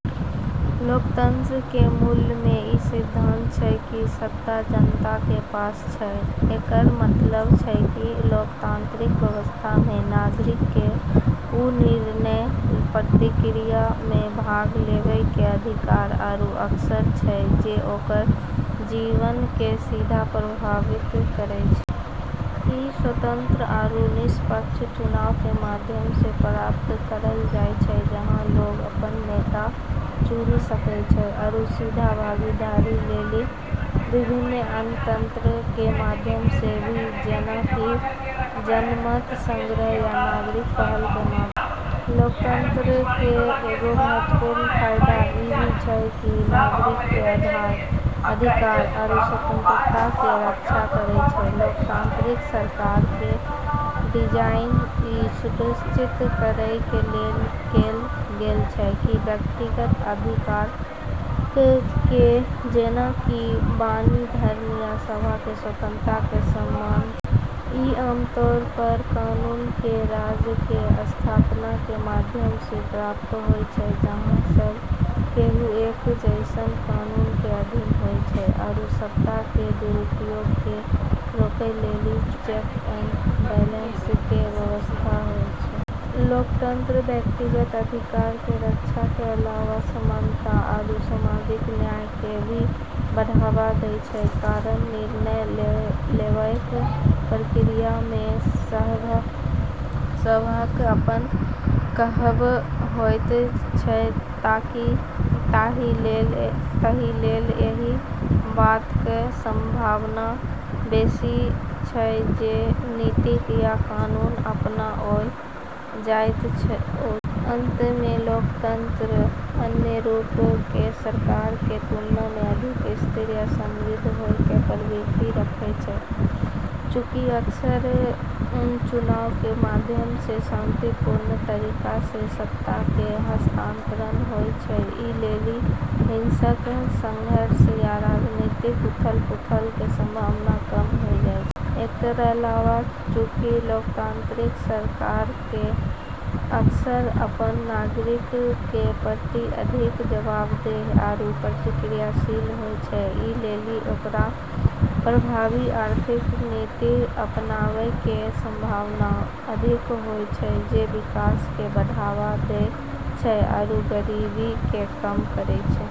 लोकतंत्र के मूल में ई सिद्धांत छै कि सत्ता जनता के पास छै। एकरऽ मतलब छै कि लोकतांत्रिक व्यवस्था म॑ नागरिकऽ क॑ वू निर्णय प्रक्रिया म॑ भाग लेबै के अधिकार आरू अवसर छै जे ओकरऽ जीवन क॑ सीधा प्रभावित करै छै। ई स्वतंत्र आरू निष्पक्ष चुनाव के माध्यम स॑ प्राप्त करलऽ जाय छै, जहाँ लोग अपनऽ नेता चुनी सकै छै, आरू सीधा भागीदारी लेली विभिन्न अन्य तंत्रऽ के माध्यम स॑ भी, जेना कि जनमत संग्रह या नागरिक पहल के माध्यम स॑। लोकतंत्र केरऽ एगो महत्वपूर्ण फायदा ई भी छै कि ई नागरिकऽ के अधिकार आरू स्वतंत्रता के रक्षा करै छै। लोकतांत्रिक सरकारक कें डिजाइन इ सुनिश्चित करय कें लेल कैल गेल छै कि व्यक्तिगत अधिकारक, जेना कि वाणी, धर्म, आ सभा कें स्वतंत्रता कें सम्मान आ संरक्षण कैल जै. ई आमतौर पर कानून के राज के स्थापना के माध्यम स॑ प्राप्त होय छै, जहाँ सब केहु एक जैसनऽ कानून के अधीन होय छै आरू सत्ता के दुरुपयोग के रोकै लेली चेक एंड बैलेंस के व्यवस्था होय छै। लोकतंत्र व्यक्तिगत अधिकार के रक्षा के अलावा समानता आरू सामाजिक न्याय के भी बढ़ावा दै छै। कारण निर्णय लेबाक प्रक्रिया मे सबहक अपन कहब होइत छैक, ताहि लेल एहि बातक संभावना बेसी अछि जे जे नीति आ कानून अपनाओल जायत ओ समाजक सब सदस्यक आवश्यकता आ हित केँ दर्शाओत, सत्ता मे बैसल लोकक नहि। अंत में, लोकतंत्र अन्य रूप के सरकार के तुलना में अधिक स्थिर आ समृद्ध होय के प्रवृत्ति रखै छै. चूँकि अक्सर चुनाव के माध्यम स॑ शांतिपूर्ण तरीका स॑ सत्ता के हस्तांतरण होय छै, ई लेली हिंसक संघर्ष या राजनीतिक उथल-पुथल के संभावना कम होय जाय छै। एकरऽ अलावा, चूँकि लोकतांत्रिक सरकारक अक्सर अपनऽ नागरिकऽ के प्रति अधिक जवाबदेह आरू प्रतिक्रियाशील होय छै, ई लेली ओकरा प्रभावी आर्थिक नीति अपनाबै के संभावना अधिक होय छै जे विकास क॑ बढ़ावा दै छै आरू गरीबी क॑ कम करै छै।